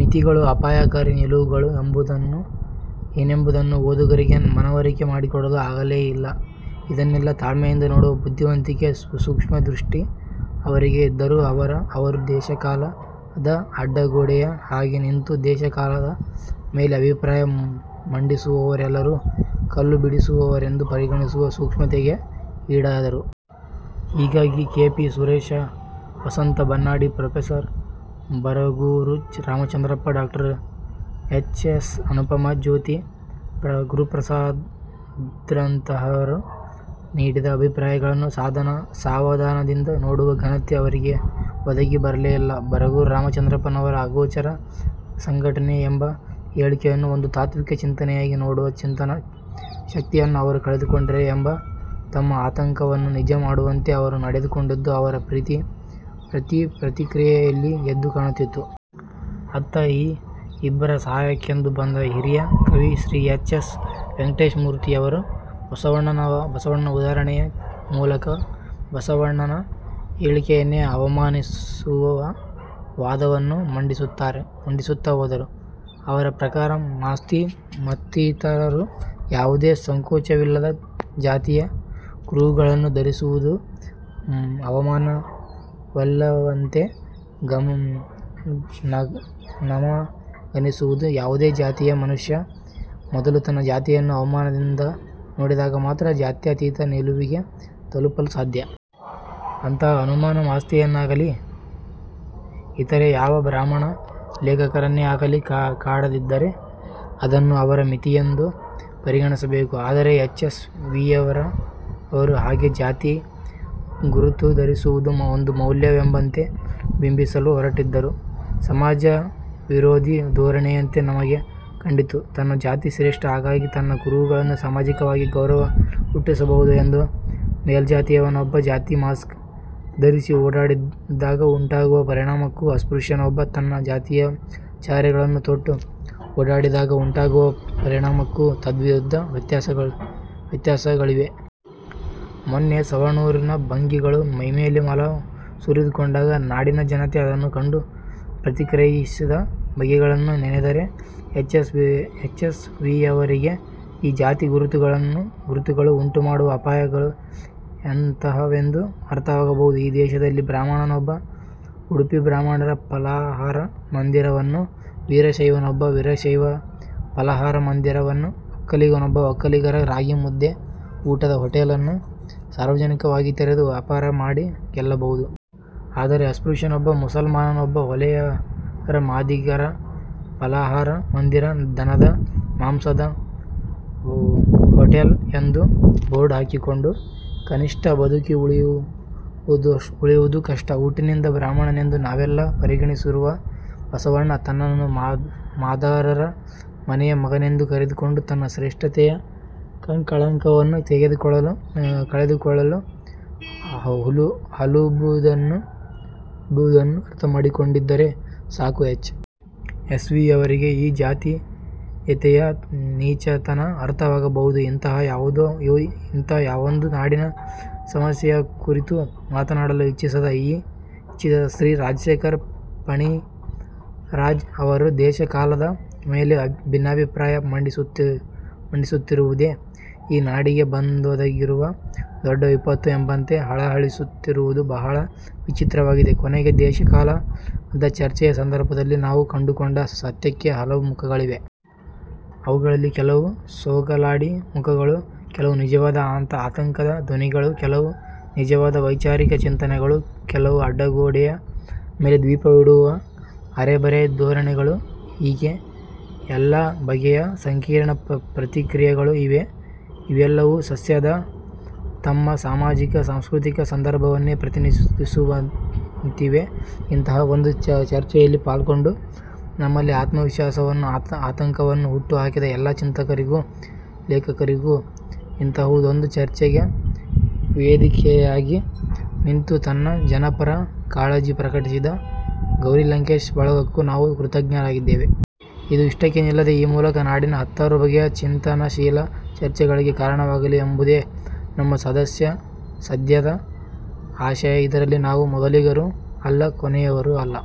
ಮಿತಿಗಳು, ಅಪಾಯಕಾರಿ ನಿಲುವುಗಳು ಏನೆಂಬುದನ್ನು ಓದುಗರಿಗೆ ಮನವರಿಕೆ ಮಾಡಿಕೊಡಲು ಆಗಲೇ ಇಲ್ಲ. ಅದನ್ನೆಲ್ಲ ತಾಳ್ಮೆಯಿಂದ ನೋಡುವ ಬುದ್ಧಿವಂತಿಕೆ, ಸೂಕ್ಷ್ಮ ದೃಷ್ಟಿ ಅವರಿಗೆ ಇದ್ದರೂ ಅವರು 'ದೇಶ ಕಾಲ'ದ ಅಡ್ಡಗೋಡೆಯ ಹಾಗೆ ನಿಂತು, ದೇಶ ಕಾಲದ ಮೇಲೆ ಅಭಿಪ್ರಾಯ ಮಂಡಿಸುವವರೆಲ್ಲರೂ ಕಲ್ಲು ಬೀಸುವವರೆಂದು ಪರಿಗಣಿಸುವ ಅಸೂಕ್ಷ್ಮತೆಗೆ ಈಡಾದರು. ಹೀಗಾಗಿ K. P. Suresha, Vasanth Bannadi, prof. Baraguru Ramachandrappa, ಡಾ. ಎಚ್. ಎಸ್. ಅನುಪಮಾ, ಜ್ಯೋತಿ ಗುರುಪ್ರಸಾದ್ರಂತಹವರು ನೀಡಿದ ಅಭಿಪ್ರಾಯಗಳನ್ನೂ ಸಾವಧಾನದಿಂದ ನೋಡುವ ಘನತೆ ಅವರಿಗೆ ಒದಗಿ ಬರಲೇ ಇಲ್ಲ. ಬರಗೂರು ರಾಮಚಂದ್ರಪ್ಪನವರ 'ಅಗೋಚರ ಸಂಘಟನೆ' ಎಂಬ ಹೇಳಿಕೆಯನ್ನು ಒಂದು ತಾತ್ವಿಕ ಚಿಂತನೆಯಾಗಿ ನೋಡುವ ಚಿಂತನ ಶಕ್ತಿಯನ್ನೂ ಅವರು ಕಳೆದುಕೊಂಡರೆ ಎಂಬ ನಮ್ಮ ಆತಂಕವನ್ನು ನಿಜ ಮಾಡುವಂತೆ ಅವರು ನಡೆದುಕೊಂಡದ್ದು ಅವರ ಪ್ರತಿ ಪ್ರತಿಕ್ರಿಯೆಯಲ್ಲಿ ಎದ್ದು ಕಾಣುತ್ತಿತ್ತು. ಅತ್ತ ಈ ಇಬ್ಬರ ಸಹಾಯಕ್ಕೆಂದು ಬಂದ ಹಿರಿಯ ಕವಿ ಶ್ರಿ ಎಚ್. ಎಸ್. ವೆಂಕಟೇಶಮೂರ್ತಿಯವರು ಬಸವಣ್ಣನ ಉದಾಹರಣೆಯ ಮೂಲಕ ಬಸವಣ್ಣನ ಹೇಳಿಕೆಯನ್ನೇ ಅವಮಾನಿಸುವ ವಾದವನ್ನು ಮಂಡಿಸುತ್ತಾ ಹೋದರು. ಅವರ ಪ್ರಕಾರ ಮಾಸ್ತಿ ಮತ್ತಿತರರು ಯಾವುದೇ ಸಂಕೋಚವಿಲ್ಲದೆ ಜಾತಿಯ ಕುರುಹುಗಳನ್ನು ಧರಿಸುವುದು ಅವಮಾನವಲ್ಲವಂತೆ. ನಮಗನ್ನಿಸುವುದು, ಯಾವುದೇ ಜಾತಿಯ ಮನುಷ್ಯ ಮೊದಲು ತನ್ನ ಜಾತಿಯನ್ನು ಅನುಮಾನದಿಂದ ನೋಡಿದಾಗ ಮಾತ್ರ ಜಾತ್ಯತೀತ ನಿಲುವಿಗೆ ತಲುಪಲು ಸಾಧ್ಯ. ಅಂತಹ ಅನುಮಾನ ಮಾಸ್ತಿಯವರನ್ನಾಗಲೀ, ಇತರೆ ಯಾವ ಬ್ರಾಹ್ಮಣ ಲೇಖಕರನ್ನೇ ಆಗಲಿ, ಕಾಡದಿದ್ದರೆ ಅದನ್ನು ಅವರ ಮಿತಿಯೆಂದು ಪರಿಗಣಿಸಬೇಕು. ಆದರೆ ಎಚ್. ಎಸ್. ವಿಯವರು ಹಾಗೆ ಜಾತಿ ಗುರುತು ಧರಿಸುವುದು ಒಂದು ಮೌಲ್ಯವೆಂಬಂತೆ ಬಿಂಬಿಸಲು ಹೊರಟಿದ್ದಂತೂ ಸಮಾಜವಿರೋಧಿ ಧೋರಣೆಯಂತೆ ನಮಗೆ ಕಂಡಿತು. 'ತನ್ನ ಜಾತಿ ಶ್ರೇಷ್ಠ, ಹಾಗಾಗಿ ನನ್ನ ಕುರುಹುಗಳು ಸಾಮಾಜಿಕವಾಗಿ ಗೌರವ ಹುಟ್ಟಿಸಬಹುದು' ಎಂದು ಮೇಲ್ಜಾತಿಯವನೊಬ್ಬ ಜಾತಿ 'ಮಾಸ್ಕ್' ಧರಿಸಿ ಓಡಾಡಿದಾಗ ಉಂಟಾಗುವ ಪರಿಣಾಮಕ್ಕೂ ಅಸ್ಪೃಶ್ಯನೊಬ್ಬ ತನ್ನ ಜಾತಿಯ ಚಹರೆಗಳನ್ನು ತೊಟ್ಟು ಓಡಾಡಿದಾಗ ಉಂಟಾಗುವ ಪರಿಣಾಮಕ್ಕೂ ತದ್ವಿರುದ್ಧ ವ್ಯತ್ಯಾಸಗಳಿವೆ. ಮೊನ್ನೆ ಸವಣೂರಿನ ಭಂಗಿಗಳು ಮೈಮೇಲೆ ಮಲ ಸುರಿದುಕೊಂಡಾಗ ನಾಡಿನ ಜನತೆ ಅದನ್ನು ಕಂಡು ಪ್ರತಿಕ್ರಿಯಿಸಿದ ಬಗೆಗಳನ್ನು ನೆನೆದರೆ ಎಚ್. ಎಸ್. ವಿಯವರಿಗೆ ಈ ಜಾತಿ ಗುರುತುಗಳು ಉಂಟು ಮಾಡುವ ಅಪಾಯಗಳು ಎಂತಹವೆಂದು ಅರ್ಥವಾಗಬಹುದು. ಈ ದೇಶದಲ್ಲಿ ಬ್ರಾಹ್ಮಣನೊಬ್ಬ 'ಉಡುಪಿ ಬ್ರಾಹ್ಮಣರ ಫಲಾಹಾರ ಮಂದಿರ'ವನ್ನೂ, ವೀರಶೈವನೊಬ್ಬ 'ವೀರಶೈವ ಫಲಾಹಾರ ಮಂದಿರ'ವನ್ನೂ, ಒಕ್ಕಲಿಗನೊಬ್ಬ 'ಒಕ್ಕಲಿಗರ ರಾಗಿ ಮುದ್ದೆ ಊಟದ ಹೋಟೆಲ್' ಅನ್ನೂ ಸಾರ್ವಜನಿಕವಾಗಿ ತೆರೆದು ವ್ಯಾಪಾರ ಮಾಡಿ ಗೆಲ್ಲಬಹುದು. ಆದರೆ ಅಸ್ಪೃಶ್ಯನೊಬ್ಬ, ಮುಸಲ್ಮಾನನೊಬ್ಬ 'ಹೊಲೆಯರ-ಮಾದಿಗರ ಫಲಾಹಾರ ಮಂದಿರ', 'ದನದ ಮಾಂಸದ ಹೋಟೆಲ್' ಎಂದು ಬೋರ್ಡು ಹಾಕಿಕೊಂಡು ಕನಿಷ್ಟ ಬದುಕಿ ಉಳಿಯುವುದೂ ಕಷ್ಟ. ಹುಟ್ಟಿನಿಂದ ಬ್ರಾಹ್ಮಣನೆಂದು ನಾವೆಲ್ಲರೂ ಪರಿಗಣಿಸಿರುವ ಬಸವಣ್ಣ ತನ್ನನ್ನು ಮಾದಾರರ ಮನೆಯ ಮಗನೆಂದು ಕರೆದುಕೊಂಡು ತನ್ನ 'ಶ್ರೇಷ್ಠತೆಯ ಕಳಂಕ'ವನ್ನು ಕಳೆದುಕೊಳ್ಳಲು ಹಲುಬುವುದನ್ನು ಅರ್ಥಮಾಡಿಕೊಂಡಿದ್ದರೆ ಸಾಕು; ಎಚ್. ಎಸ್. ವಿಯವರಿಗೆ ಈ ಜಾತೀಯತೆಯ ನೀಚತನ ಅರ್ಥವಾಗಬಹುದು. ಇಂತಹ ಯಾವೊಂದು ನಾಡಿನ ಸಮಸ್ಯೆಯ ಕುರಿತೂ ಮಾತನಾಡಲು ಇಚ್ಛಿಸದ ಶ್ರೀ ರಾಜಶೇಖರ್-ಫಣಿರಾಜ್ ಅವರು 'ದೇಶ ಕಾಲ'ದ ಮೇಲೆ ಭಿನ್ನಾಭಿಪ್ರಾಯ ಮಂಡಿಸುತ್ತಿರುವುದೇ ಈ ನಾಡಿಗೆ ಬಂದೊದಗಿರುವ ದೊಡ್ಡ ವಿಪತ್ತು ಎಂಬಂತೆ ಹಳಹಳಿಸುತ್ತಿರುವುದು ಬಹಳ ವಿಚಿತ್ರವಾಗಿದೆ. ಕೊನೆಗೆ 'ದೇಶ ಕಾಲ'ದ ಚರ್ಚೆಯ ಸಂದರ್ಭದಲ್ಲಿ ನಾವು ಕಂಡುಕೊಂಡ ಸತ್ಯಕ್ಕೆ ಹಲವು ಮುಖಗಳಿವೆ. ಅವುಗಳಲ್ಲಿ ಕೆಲವು ಸೋಗಲಾಡಿ ಮುಖಗಳೂ, ಕೆಲವು ನಿಜವಾದ ಆತಂಕದ ಧ್ವನಿಗಳೂ, ಕೆಲವು ನಿಜವಾದ ವೈಚಾರಿಕ ಚಿಂತನೆಗಳೂ, ಕೆಲವು ಅಡ್ಡಗೋಡೆಯ ಮೇಲೆ ದೀಪವಿಡುವ ಅರೆಬರೆ ಧೋರಣೆಗಳೂ ಹೀಗೆ ಎಲ್ಲ ಬಗೆಯ ಸಂಕೀರ್ಣ ಪ್ರತಿಕ್ರಿಯೆಗಳೂ ಇವೆ. ಇವೆಲ್ಲವೂ ಸದ್ಯದ ನಮ್ಮ ಸಾಮಾಜಿಕ ಸಾಂಸ್ಕೃತಿಕ ಸಂದರ್ಭವನ್ನೇ ಪ್ರತಿನಿಧಿಸುವಂತಿವೆ. ಇಂತಹ ಒಂದು ಚರ್ಚೆಯಲ್ಲಿ ಪಾಲ್ಗೊಂಡು ನಮ್ಮಲ್ಲಿ ಆತ್ಮವಿಶ್ವಾಸವನ್ನೂ ಆತಂಕವನ್ನೂ ಹುಟ್ಟು ಹಾಕಿದ ಎಲ್ಲಾ ಚಿಂತಕರಿಗೂ, ಲೇಖಕರಿಗೂ, ಇಂತಹುದೊಂದು ಚರ್ಚೆಗೆ ವೇದಿಕೆಯಾಗಿ ನಿಂತು ತನ್ನ ಜನಪರ ಕಾಳಜಿ ಪ್ರಕಟಿಸಿದ 'ಗೌರಿ ಲಂಕೇಶ್' ಬಳಗಕ್ಕೂ ನಾವು ಕೃತಜ್ಞರಾಗಿದ್ದೇವೆ. ಇದು ಇಷ್ಟಕ್ಕೇ ನಿಲ್ಲದೆ; ಈ ಮೂಲಕ ನಾಡಿನ ಹತ್ತಾರು ಬಗೆಯ ಚಿಂತನಶೀಲ ಚರ್ಚೆಗಳಿಗೆ ಕಾರಣವಾಗಲಿ ಎಂಬುದೇ ನಮ್ಮ ಸದ್ಯದ ಆಶಯ. ಇದರಲ್ಲಿ ನಾವು ಮೊದಲಿಗರೂ ಅಲ್ಲ, ಕೊನೆಯವರೂ ಅಲ್ಲ.